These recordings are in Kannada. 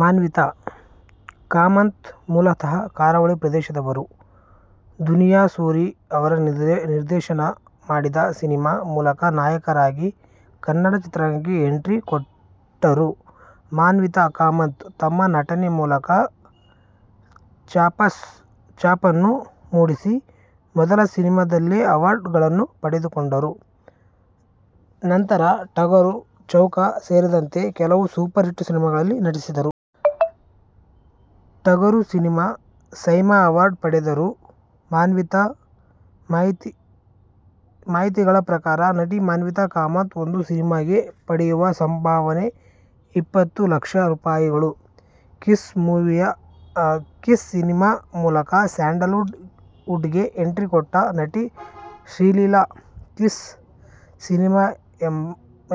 ಮಾನ್ವಿತಾ ಕಾಮತ್.. ಮೂಲತಃ ಕರಾವಳಿ ಪ್ರದೇಶದವರು. ದುನಿಯಾ ಸೂರಿ ಅವರು ನಿರ್ದೇಶನ ಮಾಡಿದ ಸಿನಿಮಾ ಮೂಲಕ ನಾಯಕಿಯಾಗಿ ಕನ್ನಡ ಚಿತ್ರರಂಗಕ್ಕೆ ಎಂಟ್ರಿ ಕೊಟ್ಟರು ಮಾನ್ವಿತಾ ಕಾಮತ್ ತಮ್ಮ ನಟನೆ ಮೂಲಕ ಛಾಪನ್ನು ಮೂಡಿಸಿ, ಮೊದಲ ಸಿನಿಮಾದಲ್ಲೇ ಅವಾರ್ಡ್ ಗಳನ್ನು ಪಡೆದುಕೊಂಡರು. ನಂತರ ಟಗರು, ಚೌಕ ಸೇರಿದಂತೆ ಕೆಲವು ಸೂಪರ್ ಹಿಟ್ ಸಿನಿಮಾಗಳಲ್ಲಿ ನಟಿಸಿದರು. ಟಗರು ಸಿನಿಮಾಗೆ ಸೈಮಾ ಅವಾರ್ಡ್ ಪಡೆದರು ಮಾನ್ವಿತಾ. ಮಾಹಿತಿಗಳ ಪ್ರಕಾರ ನಟಿ ಮಾನ್ವಿತಾ ಕಾಮತ್ ಒಂದು ಸಿನಿಮಾಗೆ ಪಡೆಯುವ ಸಂಭಾವನೆ ಇಪ್ಪತ್ತು ಲಕ್ಷ ರೂಪಾಯಿಗಳು. ಕಿಸ್ ಸಿನಿಮಾ ಮೂಲಕ ಸ್ಯಾಂಡಲ್ ವುಡ್ ಗೆ ಎಂಟ್ರಿ ಕೊಟ್ಟ ನಟಿ ಶ್ರೀಲೀಲಾ. ಕಿಸ್ ಸಿನಿಮಾ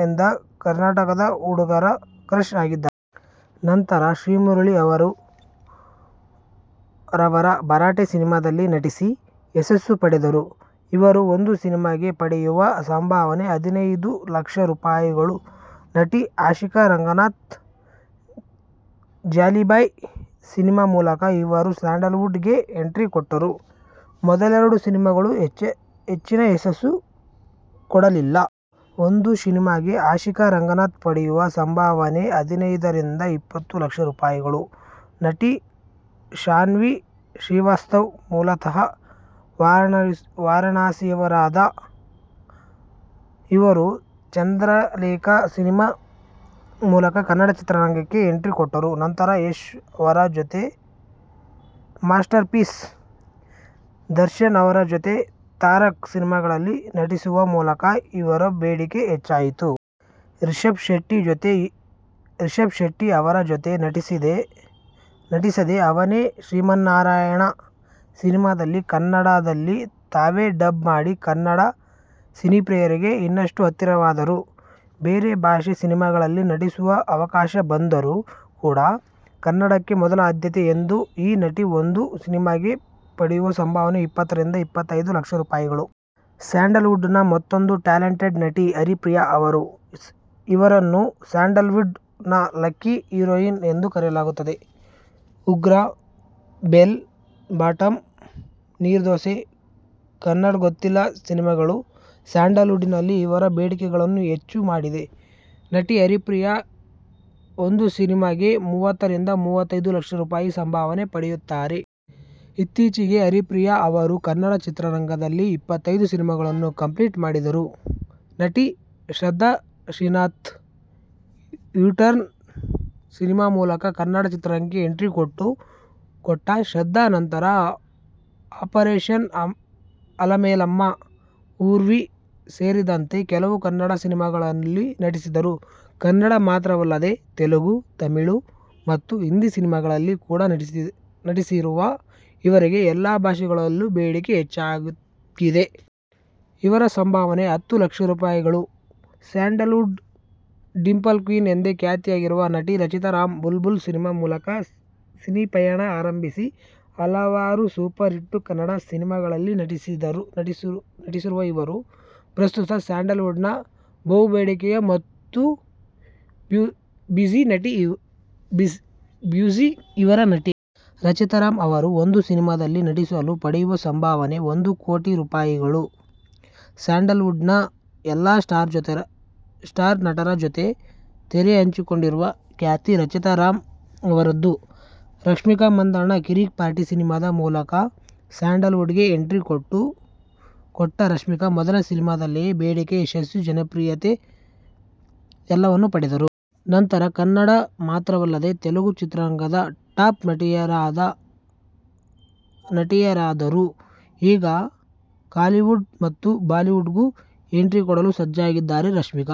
ಇಂದ ಕರ್ನಾಟಕದ ಹುಡುಗರ ಕ್ರಶ್ ಆಗಿದ್ದಾರೆ. ನಂತರ ಶ್ರೀಮುರಳಿ ಅವರ ಭರಾಟೆ ಸಿನಿಮಾದಲ್ಲಿ ನಟಿಸಿ ಯಶಸ್ಸು ಪಡೆದರು. ಇವರು ಒಂದು ಸಿನಿಮಾಗೆ ಪಡೆಯುವ ಸಂಭಾವನೆ ಹದಿನೈದು ಲಕ್ಷ ರೂಪಾಯಿಗಳು. ನಟಿ ಆಶಿಕಾ ರಂಗನಾಥ್, ಜಾಲಿಬಾಯ್ ಸಿನಿಮಾ ಮೂಲಕ ಇವರು ಸ್ಯಾಂಡಲ್ ವುಡ್ ಗೆ ಎಂಟ್ರಿ ಕೊಟ್ಟರು, ಮೊದಲೆರಡು ಸಿನಿಮಾಗಳು ಹೆಚ್ಚಿನ ಯಶಸ್ಸು ಕೊಡಲಿಲ್ಲ. ಒಂದು ಸಿನಿಮಾಗೆ ಆಶಿಕಾ ರಂಗನಾಥ್ ಪಡೆಯುವ ಸಂಭಾವನೆ ಹದಿನೈದರಿಂದ ಇಪ್ಪತ್ತು ಲಕ್ಷ ರೂಪಾಯಿಗಳು. ನಟಿ ಶಾನ್ವಿ ಶ್ರೀವಾಸ್ತವ್, ಮೂಲತಃ ವಾರಣಾಸಿಯವರಾದ ಇವರು ಚಂದ್ರಲೇಖ ಸಿನಿಮಾ ಮೂಲಕ ಕನ್ನಡ ಚಿತ್ರರಂಗಕ್ಕೆ ಎಂಟ್ರಿ ಕೋಟ್ಟರು. ನಂತರ ಯಶ್ ಅವರ ಜೊತೆ ಮಾಸ್ಟರ್ ಪೀಸ್, ದರ್ಶನ್ ಅವರ ಜೊತೆ ತಾರಕ್ ಸಿನಿಮಾಗಳಲ್ಲಿ ನಟಿಸುವ ಮೂಲಕ ಇವರ ಬೇಡಿಕೆ ಹೆಚ್ಚಾಯಿತು. ರಕ್ಷಿತ್ ಶೆಟ್ಟಿ ಅವರ ಜೊತೆ ನಟಿಸಿದ ಅವನೇ ಶ್ರೀಮನ್ನಾರಾಯಣ ಸಿನಿಮಾದಲ್ಲಿ ಕನ್ನಡದಲ್ಲಿ ತಾವೇ ಡಬ್ ಮಾಡಿ, ಕನ್ನಡ ಸಿನಿಪ್ರಿಯರಿಗೆ ಇನ್ನಷ್ಟು ಹತ್ತಿರವಾದರು. ಬೇರೆ ಭಾಷೆ ಸಿನಿಮಾಗಳಲ್ಲಿ ನಟಿಸುವ ಅವಕಾಶ ಬಂದರು ಕೂಡ, ಕನ್ನಡಕ್ಕೆ ಮೊದಲ ಆದ್ಯತೆ ಎನ್ನುವ ಈ ನಟಿ ಒಂದು ಸಿನಿಮಾಗೆ ಪಡೆಯುವ ಸಂಭಾವನೆ ಇಪ್ಪತ್ತರಿಂದ ಇಪ್ಪತ್ತೈದು ಲಕ್ಷ ರೂಪಾಯಿಗಳು. ಸ್ಯಾಂಡಲ್ ವುಡ್ ನ ಮತ್ತೊಬ್ಬ ಟ್ಯಾಲೆಂಟೆಡ್ ನಟಿ ಹರಿಪ್ರಿಯಾ ಅವರು. ಇವರನ್ನು ಸ್ಯಾಂಡಲ್ ವುಡ್ ನ ಲಕ್ಕಿ ಹೀರೋಯಿನ್ ಎಂದೇ ಕರೆಯುತ್ತಾರೆ. ಉಗ್ರ-, ಬೆಲ್ ಬಾಟಮ್, ನೀರ್ ದೋಸೆ, ಕನ್ನಡ್ ಗೊತ್ತಿಲ್ಲ ಸಿನಿಮಾಗಳು ಸ್ಯಾಂಡಲ್ ವುಡ್ ನಲ್ಲಿ ಇವರ ಬೇಡಿಕೆಯನ್ನು ಹೆಚ್ಚು ಮಾಡಿದೆ. ನಟಿ ಹರಿಪ್ರಿಯಾ ಒಂದು ಸಿನಿಮಾಗೆ ಮೂವತ್ತರಿಂದ ಮೂವತ್ತೈದು ಲಕ್ಷ ರೂಪಾಯಿ ಸಂಭಾವನೆ ಪಡೆಯುತ್ತಾರೆ. ಇತ್ತೀಚೆಗೆ ಹರಿಪ್ರಿಯಾ ಅವರು ಕನ್ನಡ ಚಿತ್ರರಂಗದಲ್ಲಿ ಇಪ್ಪತ್ತೈದು ಸಿನಿಮಾಗಳನ್ನು ಕಂಪ್ಲೀಟ್ ಮಾಡಿದರು. ನಟಿ ಶ್ರದ್ಧಾ ಶ್ರೀನಾಥ್, ಯೂಟರ್ನ್ ಸಿನಿಮಾ ಮೂಲಕ ಕನ್ನಡ ಚಿತ್ರರಂಗಕ್ಕೆ ಎಂಟ್ರಿ ಕೊಟ್ಟ ಶ್ರದ್ಧಾ, ನಂತರ ಆಪರೇಷನ್ ಅಲಮೇಲಮ್ಮ, ಊರ್ವಿ ಸೇರಿದಂತೆ ಕೆಲವು ಕನ್ನಡ ಸಿನಿಮಾಗಳಲ್ಲಿ ನಟಿಸಿದರು. ಕನ್ನಡ ಮಾತ್ರವಲ್ಲದೆ ತೆಲುಗು, ತಮಿಳು ಮತ್ತು ಹಿಂದಿ ಸಿನಿಮಾಗಳಲ್ಲಿ ಕೂಡ ನಟಿಸಿರುವ ಇವರಿಗೆ ಎಲ್ಲಾ ಭಾಷೆಗಳಲ್ಲೂ ಬೇಡಿಕೆ ಹೆಚ್ಚಾಗಿದೆ. ಇವರ ಸಂಭಾವನೆ ಹತ್ತು ಲಕ್ಷ ರೂಪಾಯಿಗಳು. ಸ್ಯಾಂಡಲ್ ವುಡ್ ನ ಡಿಂಪಲ್ ಕ್ವೀನ್ ಎಂದೇ ಖ್ಯಾತಿಯಾಗಿರುವ ನಟಿ ರಚಿತಾ ರಾಮ್. ಬುಲ್ ಬುಲ್ ಸಿನಿಮಾ ಮೂಲಕ ಸಿನಿಪಯಣ ಆರಂಭಿಸಿ ಹಲವಾರು ಸೂಪರ್ ಹಿಟ್ ಕನ್ನಡ ಸಿನಿಮಾಗಳಲ್ಲಿ ನಟಿಸಿರುವ ಇವರು, ಪ್ರಸ್ತುತ ಸ್ಯಾಂಡಲ್ ವುಡ್ ನ ಬಹುಬೇಡಿಕೆಯ ಮತ್ತು ಬ್ಯುಸಿ ಇರುವ ನಟಿ. ರಚಿತಾ ರಾಮ್ ಅವರು ಒಂದು ಸಿನಿಮಾದಲ್ಲಿ ನಟಿಸಲು ಪಡೆಯುವ ಸಂಭಾವನೆ ಒಂದು ಕೋಟಿ ರೂಪಾಯಿಗಳು ಸ್ಯಾಂಡಲ್ ವುಡ್ ನ ಎಲ್ಲಾ ಸ್ಟಾರ್ ನಟರ ಜೊತೆ ತೆರೆಹಂಚಿಕೊಂಡಿರುವ ಖ್ಯಾತಿ ರಚಿತಾ ಅವರದ್ದು. ರಶ್ಮಿಕಾ ಮಂದಣ್ಣ, ಕಿರಿಕ್ ಪಾರ್ಟಿ ಸಿನಿಮಾ ಮೂಲಕ ಸ್ಯಾಂಡಲ್ ವುಡ್ ಗೆ ಎಂಟ್ರಿ ಕೊಟ್ಟ ರಶ್ಮಿಕಾ, ಮೊದಲ ಸಿನಿಮಾದಲ್ಲೇ ಬೇಡಿಕೆ, ಯಶಸ್ಸು, ಜನಪ್ರಿಯತೆ ಎಲ್ಲವನ್ನು ಪಡೆದರು. ನಂತರ ಕನ್ನಡ ಮಾತ್ರವಲ್ಲದೆ ತೆಲುಗು ಚಿತ್ರರಂಗದ ಟಾಪ್ ನಟಿಯಾದರು. ಈಗ ಕಾಲಿವುಡ್ ಮತ್ತು ಬಾಲಿವುಡ್ ಗು ಎಂಟ್ರಿ ಕೊಡಲು ಸಜ್ಜಾಗಿದ್ದಾರೆ ರಶ್ಮಿಕಾ.